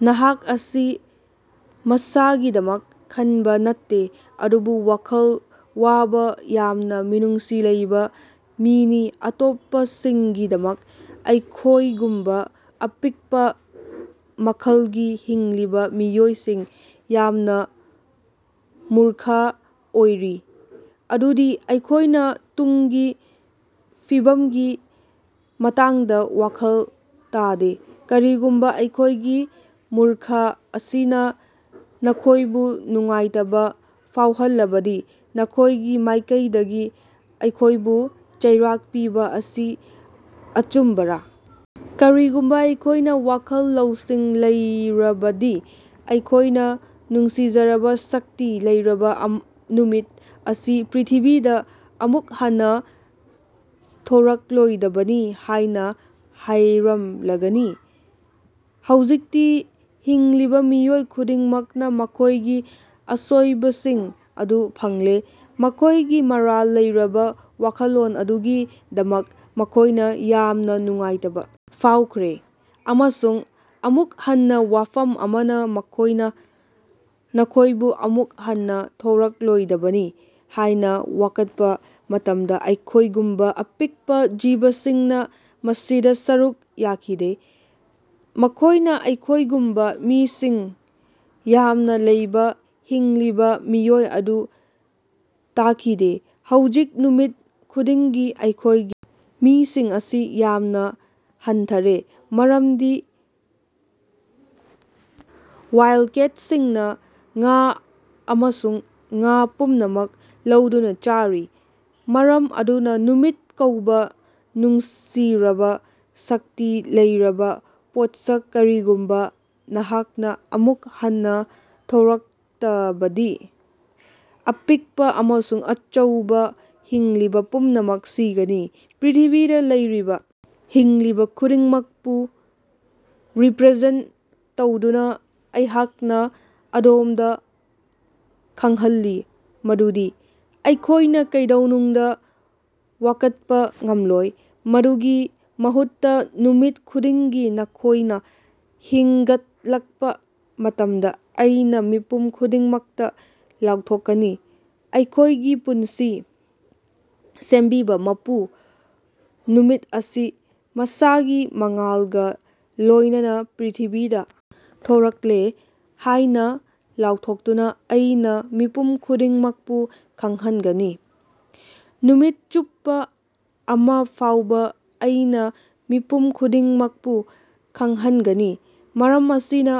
ꯅꯍꯥꯛ ꯑꯁꯤ ꯃꯁꯥꯒꯤꯗꯃꯛ ꯈꯟꯕꯥ ꯅꯠꯇꯦ ꯑꯗꯨꯕꯨ ꯋꯥꯈꯜ ꯋꯥꯕꯥ ꯌꯥꯝꯅꯥ ꯃꯤꯅꯨꯡꯁꯤ ꯂꯩꯕꯥ ꯃꯤꯅꯤ ꯑꯇꯣꯞꯄꯁꯤꯡꯒꯤꯗꯃꯛ ꯑꯩꯈꯣꯏꯒꯨꯝꯕꯥ ꯑꯄꯤꯛꯄꯥ ꯃꯈꯜꯒꯤ ꯍꯤꯡꯂꯤꯕꯥ ꯃꯤꯑꯣꯏꯁꯤꯡ ꯌꯥꯝꯅꯥ ꯃꯨꯔꯈ ꯑꯣꯏꯔꯤ ꯑꯗꯨꯗꯤ ꯑꯩꯈꯣꯏꯅꯥ ꯇꯨꯡꯒꯤ ꯐꯤꯕꯝꯒꯤ ꯃꯇꯥꯡꯗꯥ ꯋꯥꯈꯜ ꯇꯥꯗꯦ꯫ ꯀꯔꯤꯒꯨꯝꯕꯥ ꯑꯩꯈꯣꯏꯒꯤ ꯃꯨꯔꯈ ꯑꯁꯤꯅꯥ ꯅꯈꯣꯏꯕꯨ ꯅꯨꯡꯉꯥꯏꯇꯕꯥ ꯐꯥꯎꯍꯜꯂꯕꯗꯤ ꯅꯈꯣꯏꯒꯤ ꯃꯥꯏꯀꯩꯗꯒꯤ ꯑꯩꯈꯣꯏꯕꯨ ꯆꯩꯔꯥꯛ ꯄꯤꯕꯥ ꯑꯁꯤ ꯑꯆꯨꯝꯕꯔꯥ? ꯀꯔꯤꯒꯨꯝꯕꯥ ꯑꯩꯈꯣꯏꯅꯥ ꯋꯥꯈꯜ ꯂꯧꯁꯤꯡ ꯂꯩꯔꯕꯗꯤ ꯑꯩꯈꯣꯏꯅꯥ ꯅꯨꯡꯁꯤꯖꯔꯕꯥ ꯁꯛꯇꯤ ꯂꯩꯔꯕꯥ ꯑꯝ ꯅꯨꯃꯤꯠ ꯑꯁꯤ ꯄ꯭ꯔ꯭ꯤꯊꯤꯕꯤꯗꯥ ꯑꯃꯨꯛ ꯍꯟꯅꯥ ꯊꯣꯔꯛꯂꯣꯏꯗꯕꯅꯤ ꯍꯥꯏꯅꯥ ꯍꯥꯏꯔꯝꯂꯒꯅꯤ? ꯍꯧꯖꯤꯛꯇꯤ ꯍꯤꯡꯂꯤꯕꯥ ꯃꯤꯑꯣꯏ ꯈꯨꯗꯤꯡꯃꯛꯅꯥ ꯃꯈꯣꯏꯒꯤ ꯑꯁꯣꯏꯕꯁꯤꯡ ꯑꯗꯨ ꯈꯪꯂꯦ꯫ ꯃꯈꯣꯏꯒꯤ ꯃꯔꯥꯜ ꯂꯩꯔꯕꯥ ꯋꯥꯈꯜꯂꯣꯟ ꯑꯗꯨꯒꯤꯗꯃꯛ ꯃꯈꯣꯏꯅꯥ ꯌꯥꯝꯅꯥ ꯅꯨꯡꯉꯥꯏꯇꯕꯥ ꯐꯥꯎꯈ꯭ꯔꯦ꯫ ꯑꯃꯁꯨꯡ ꯑꯃꯨꯛ ꯍꯟꯅꯥ ꯋꯥꯐꯝ ꯑꯃꯅꯥ ꯃꯈꯣꯏꯅꯥ ꯅꯈꯣꯏꯕꯨ ꯑꯃꯨꯛ ꯍꯟꯅꯥ ꯊꯣꯔꯛꯂꯣꯏꯗꯕꯅꯤ ꯍꯥꯏꯅꯥ ꯋꯥꯀꯠꯄꯥ ꯃꯇꯝꯗꯥ ꯑꯩꯈꯣꯏꯒꯨꯝꯕꯥ ꯑꯄꯤꯛꯄꯥ ꯖꯤꯕꯁꯤꯡꯅꯥ ꯃꯁꯤꯗꯥ ꯁꯔꯨꯛ ꯌꯥꯈꯤꯗꯦ꯫ ꯃꯈꯣꯏꯅꯥ ꯑꯩꯈꯣꯏꯒꯨꯝꯕꯥ ꯃꯤꯁꯤꯡ ꯌꯥꯝꯅꯥ ꯂꯩꯕꯥ ꯍꯤꯡꯂꯤꯕꯥ ꯃꯤꯑꯣꯏ ꯑꯗꯨ ꯇꯥꯈꯤꯗꯦ꯫ ꯍꯧꯖꯤꯛ ꯅꯨꯃꯤꯠ ꯈꯨꯗꯤꯡꯒꯤ ꯑꯩꯈꯣꯏꯒꯤ ꯃꯤꯁꯤꯡ ꯑꯁꯤ ꯌꯥꯝꯅꯥ ꯍꯟꯊꯔꯦ ꯃꯔꯝꯗꯤ ꯋꯥꯏꯜꯗꯀꯦꯠꯁꯤꯡꯅꯥ ꯉꯥ ꯑꯃꯁꯨꯡ ꯉꯥ ꯄꯨꯝꯅꯃꯛ ꯂꯧꯗꯨꯅꯥ ꯆꯥꯔꯤ꯫ ꯃꯔꯝ ꯑꯗꯨꯅꯥ ꯅꯨꯃꯤꯠ ꯀꯧꯕꯥ ꯅꯨꯡꯁꯤꯔꯕꯥ ꯁꯛꯇꯤ ꯂꯩꯔꯕꯥ ꯄꯣꯠꯁꯛ ꯀꯔꯤꯒꯨꯝꯕꯥ ꯅꯍꯥꯛꯅꯥ ꯑꯃꯨꯛ ꯍꯟꯅꯥ ꯊꯣꯔꯛꯇꯕꯗꯤ ꯑꯄꯤꯛꯄꯥ ꯑꯃꯁꯨꯡ ꯑꯆꯧꯕꯥ ꯍꯤꯡꯂꯤꯕꯥ ꯄꯨꯝꯅꯃꯛ ꯁꯤꯒꯅꯤ꯫ ꯄ꯭ꯔ꯭ꯤꯊꯤꯕꯤꯗꯥ ꯂꯩꯔꯤꯕꯥ ꯍꯤꯡꯂꯤꯕꯥ ꯈꯨꯗꯤꯡꯃꯛꯄꯨ ꯔꯤꯄ꯭ꯔꯖꯦꯟꯠ ꯇꯧꯗꯨꯅꯥ ꯑꯩꯍꯥꯛꯅꯥ ꯑꯗꯣꯝꯗꯥ ꯈꯪꯍꯜꯂꯤ ꯃꯗꯨꯗꯤ ꯑꯩꯈꯣꯏꯅꯥ ꯀꯩꯗꯧꯅꯨꯡꯗꯥ ꯋꯥꯀꯠꯄꯥ ꯉꯝꯂꯣꯏ꯫ ꯃꯗꯨꯒꯤ ꯃꯍꯨꯠꯇꯥ ꯅꯨꯃꯤꯠ ꯈꯨꯗꯤꯡꯒꯤ ꯅꯈꯣꯏꯅꯥ ꯍꯤꯡꯒꯠꯂꯛꯄꯥ ꯃꯇꯝꯗꯥ ꯑꯩꯅꯥ ꯃꯤꯄꯨꯝ ꯈꯨꯗꯤꯡꯃꯛꯇꯥ ꯂꯥꯎꯊꯣꯛꯀꯅꯤ꯫ ꯑꯩꯈꯣꯏꯒꯤ ꯄꯨꯟꯁꯤ ꯁꯦꯝꯕꯤꯕꯥ ꯃꯄꯨ ꯅꯨꯃꯤꯠ ꯑꯁꯤ ꯃꯁꯥꯒꯤ ꯃꯉꯥꯜꯒꯥ ꯂꯣꯏꯅꯅꯥ ꯄ꯭ꯔ꯭ꯤꯊꯤꯕꯤꯗꯥ ꯊꯣꯔꯛꯂꯦ ꯍꯥꯏꯅꯥ ꯂꯥꯎꯊꯣꯛꯇꯨꯅꯥ ꯑꯩꯅꯥ ꯃꯤꯄꯨꯝ ꯈꯨꯗꯤꯡꯃꯛꯄꯨ ꯈꯪꯍꯟꯒꯅꯤ꯫ ꯅꯨꯃꯤꯠ ꯆꯨꯞꯄꯥ ꯑꯃꯥ ꯐꯥꯎꯕꯥ ꯑꯩꯅꯥ ꯃꯤꯄꯨꯝ ꯈꯨꯗꯤꯡꯃꯛꯄꯨ ꯈꯪꯍꯟꯒꯅꯤ꯫ ꯃꯔꯝ ꯑꯁꯤꯅꯥ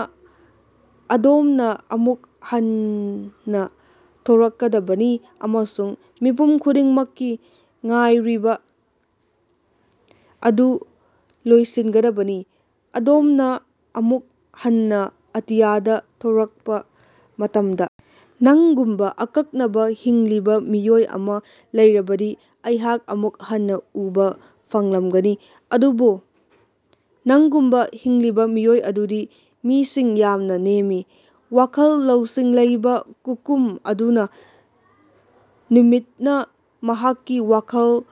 ꯑꯗꯣꯝꯅꯥ ꯑꯃꯨꯛ ꯍꯟꯅꯥ ꯊꯣꯔꯛꯀꯗꯕꯅꯤ ꯑꯃꯁꯨꯡ ꯃꯤꯄꯨꯝ ꯈꯨꯗꯤꯡꯃꯛꯀꯤ ꯉꯥꯏꯔꯤꯕꯥ ꯑꯗꯨ ꯂꯣꯏꯁꯤꯟꯒꯗꯕꯅꯤ꯫ ꯑꯗꯣꯝꯅꯥ ꯑꯃꯨꯛ ꯍꯟꯅꯥ ꯑꯇꯤꯌꯥꯗꯥ ꯊꯣꯔꯛꯄꯥ ꯃꯇꯝꯗꯥ ꯅꯪꯒꯨꯝꯕꯥ ꯑꯀꯛꯅꯕꯥ ꯍꯤꯡꯂꯤꯕꯥ ꯃꯤꯑꯣꯏ ꯑꯃꯥ ꯂꯩꯔꯕꯗꯤ ꯑꯩꯍꯥꯛ ꯑꯃꯨꯛ ꯍꯟꯅꯥ ꯎꯕꯥ ꯐꯪꯂꯝꯒꯅꯤ ꯑꯗꯨꯕꯨ ꯅꯪꯒꯨꯝꯕꯥ ꯍꯤꯡꯂꯤꯕꯥ ꯃꯤꯑꯣꯏ ꯑꯗꯨꯗꯤ ꯃꯤꯁꯤꯡ ꯌꯥꯝꯅꯥ ꯅꯦꯝꯃꯤ꯫ ꯋꯥꯈꯜ ꯂꯧꯁꯤꯡ ꯂꯩꯕꯥ ꯀꯨꯀꯨꯝ ꯑꯗꯨꯅꯥ ꯅꯨꯃꯤꯠꯅꯥ ꯃꯍꯥꯛꯀꯤ ꯋꯥꯈꯜ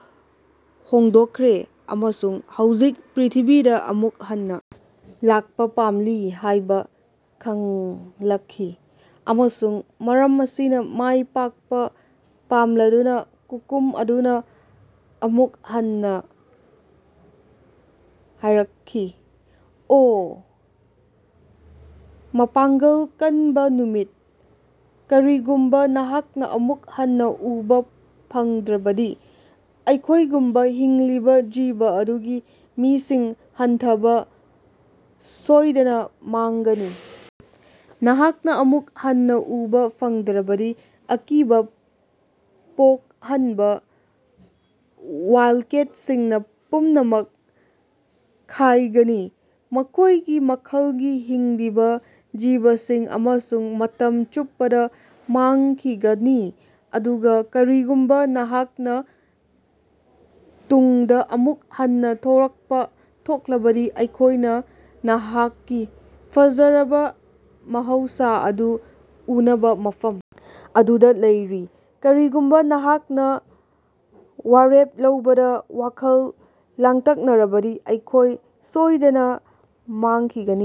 ꯍꯣꯡꯗꯣꯛꯈ꯭ꯔꯦ ꯑꯃꯁꯨꯡ ꯍꯧꯖꯤꯛ ꯄ꯭ꯔ꯭ꯤꯊꯤꯕꯤꯗꯥ ꯑꯃꯨꯛ ꯍꯟꯅꯥ ꯂꯥꯛꯄꯥ ꯄꯥꯝꯂꯤ ꯍꯥꯏꯕꯥ ꯈꯪꯂꯛꯈꯤ꯫ ꯑꯃꯁꯨꯡ ꯃꯔꯝ ꯑꯁꯤꯅꯥ ꯃꯥꯏ ꯄꯥꯛꯄꯥ ꯄꯥꯝꯂꯗꯨꯅꯥ ꯀꯨꯀꯨꯝ ꯑꯗꯨꯅꯥ ꯑꯃꯨꯛ ꯍꯟꯅꯥ ꯍꯥꯏꯔꯔꯈꯤ, "ꯑꯣ, ꯃꯄꯥꯉ꯭ꯒꯜ ꯀꯅꯕꯥ ꯅꯨꯃꯤꯠ ꯀꯔꯤꯒꯨꯝꯕꯥ ꯅꯍꯥꯛꯅꯥ ꯑꯃꯨꯛ ꯍꯟꯅꯥ ꯎꯕꯥ ꯐꯪꯗ꯭ꯔꯕꯗꯤ ꯑꯩꯈꯣꯏꯒꯨꯝꯕꯥ ꯍꯤꯡꯂꯤꯕꯥ ꯖꯤꯕ ꯑꯗꯨꯒꯤ ꯃꯁꯤꯡ ꯍꯟꯊꯕꯥ ꯁꯣꯏꯗꯅꯥ ꯃꯥꯡꯒꯅꯤ꯫ ꯅꯍꯥꯛꯅꯥ ꯑꯃꯨꯛ ꯍꯟꯅꯥ ꯎꯕꯥ ꯐꯪꯗ꯭ꯔꯕꯗꯤ ꯑꯀꯤꯕꯥ ꯄꯣꯛꯍꯟꯕꯥ ꯋꯥꯏꯜꯗꯀꯦꯠꯁꯤꯡꯅꯥ ꯄꯨꯝꯅꯃꯛ ꯈꯥꯏꯒꯅꯤ꯫ ꯑꯩꯈꯣꯏꯒꯤ ꯃꯈꯜꯒꯤ ꯍꯤꯡꯂꯤꯕꯥ ꯖꯤꯕꯁꯤꯡ ꯑꯃꯁꯨꯡ ꯃꯇꯝ ꯆꯨꯞꯄꯗꯥ ꯃꯥꯡꯈꯤꯒꯅꯤ ꯑꯗꯨꯒꯥ ꯀꯔꯤꯒꯨꯝꯕꯥ ꯅꯍꯥꯛꯅꯥ ꯇꯨꯡꯗꯥ ꯑꯃꯨꯛ ꯍꯟꯅꯥ ꯊꯣꯔꯛꯄꯥ ꯊꯣꯛꯂꯕꯗꯤ ꯑꯩꯈꯣꯏꯅꯥ ꯅꯍꯥꯛꯀꯤ ꯐꯖꯔꯕꯥ ꯃꯍꯧꯁꯥ ꯑꯗꯨ ꯎꯅꯕꯥ ꯃꯐꯝ ꯑꯗꯨꯗꯥ ꯂꯩꯔꯤ꯫ ꯀꯔꯤꯒꯨꯝꯕꯥ ꯅꯍꯥꯛꯅꯥ ꯋꯥꯔꯦꯞ ꯂꯧꯕꯗꯥ ꯋꯥꯈꯜ ꯂꯥꯡꯇꯛꯅꯔꯕꯗꯤ ꯑꯩꯈꯣꯏ ꯁꯣꯏꯗꯅꯥ ꯃꯥꯡꯈꯤꯒꯅꯤ꯫